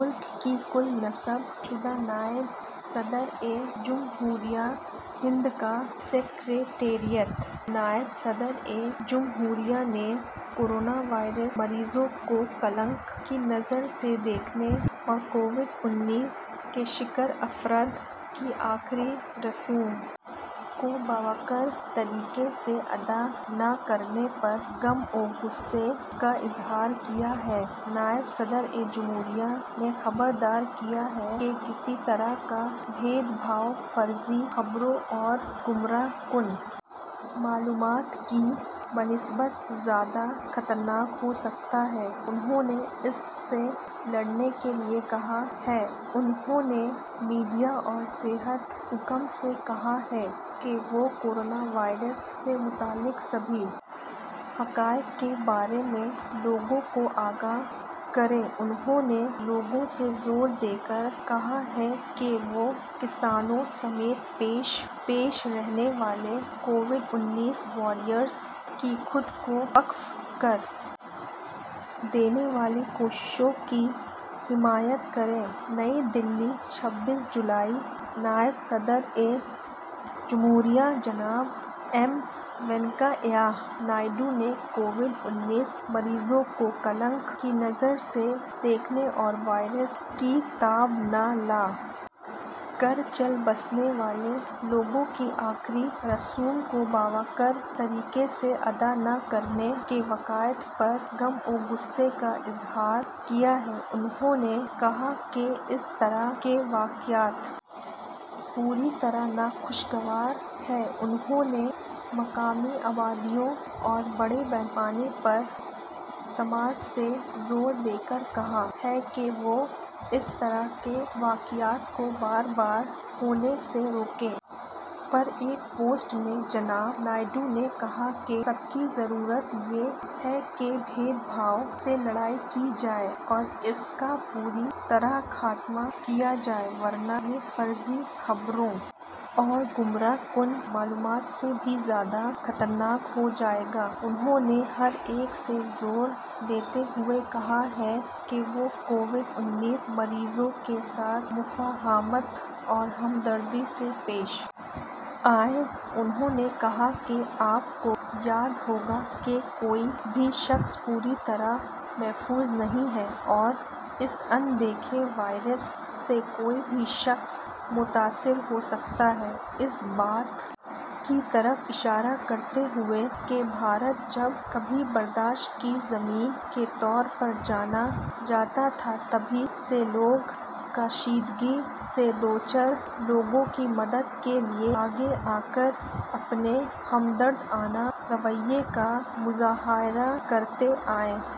ملک کی کل نصب شدہ نائب صدر جمہوریہ ہند کا سکریٹریٹ نائب صدر جمہوریہ نے کورونا وائرس مریضوں کو کلنک کی نظر سے دیکھنے اور کووڈ انیس کے شکار افراد کی آخری رسوم کو باوقار طریقے سے ادا نہ کرنے پر غم و غصے کا اظہار کیا ہے نائب صدر جمہوریہ نے خبردار کیا ہے کہ کسی طرح کا بھید بھاؤ فرضی خبروں اور گمراہ کن معلومات کی بنسبت زیادہ خطرناک ہو سکتا ہے انہوں نے اس سے لڑنے کے لیے کہا ہے انہوں نے میڈیا اور صحت حکام سے کہا ہے کہ وہ کورونا وائرس سے متعلق سبھی حقائق کے بارے میں لوگوں کو آگاہ کریں انہوں نے لوگوں سے زور دے کر کہا ہے کہ وہ کسانوں سمیت پیش پیش رہنے والے کووڈ انیس واریئرس کی خود کو وقف کر دینے والی کوششوں کی حمایت کریں نئی دہلی چھبیس جولائی نائب صدر جمہوریہ جناب ایم وینکیا نائیڈو نے کووڈ انیس مریضوں کو کلنک کی نظر سے دیکھنے اور وائرس کی تاب نہ لا کر چل بسنے والے لوگوں کی آخری رسوم کو باوقار طریقے سے ادا نہ کرنے کے واقعات پر غم و غصے کا اظہار کیا ہے انہوں نے کہا کہ اس طرح کے واقعات پوری طرح ناخوشگوار ہیں انہوں نے مقامی آبادیوں اور بڑے پیمانے پر سماج سے زور دے کر کہا ہے کہ وہ اس طرح کے واقعات کو بار بار ہونے سے روکیں فیس بک پر ایک پوسٹ میں جناب نائیڈو نے کہا کہ سب کی ضرورت یہ ہے کہ بھید بھاؤ سے لڑائی کی جائے اور اس کا پوری طرح خاتمہ کیا جائے ورنہ یہ فرضی خبروں اور گمراہ کن معلومات سے بھی زیادہ خطرناک ہو جائے گا انہوں نے ہر ایک سے زور دیتے ہوئے کہا ہے کہ وہ کووڈ انیس مریضوں کے ساتھ مفاہمت اور ہمدردی سے پیش آئے انہوں نے کہا کہ آپ کو یاد ہوگا کہ کوئی بھی شخص پوری طرح محفوظ نہیں ہے اور اس ان دیکھے وائرس سے کوئی بھی شخص متاثر ہو سکتا ہے اس بات کی طرف اشارہ کرتے ہوئے کہ بھارت جب کبھی برداشت کی زمین کے طور پر جانا جاتا تھا تبھی سے لوگ کشیدگی سے دوچار لوگوں کی مدد کے لیے آگے آ کر اپنے ہمدردانہ رویے کا مظاہرہ کرتے آئے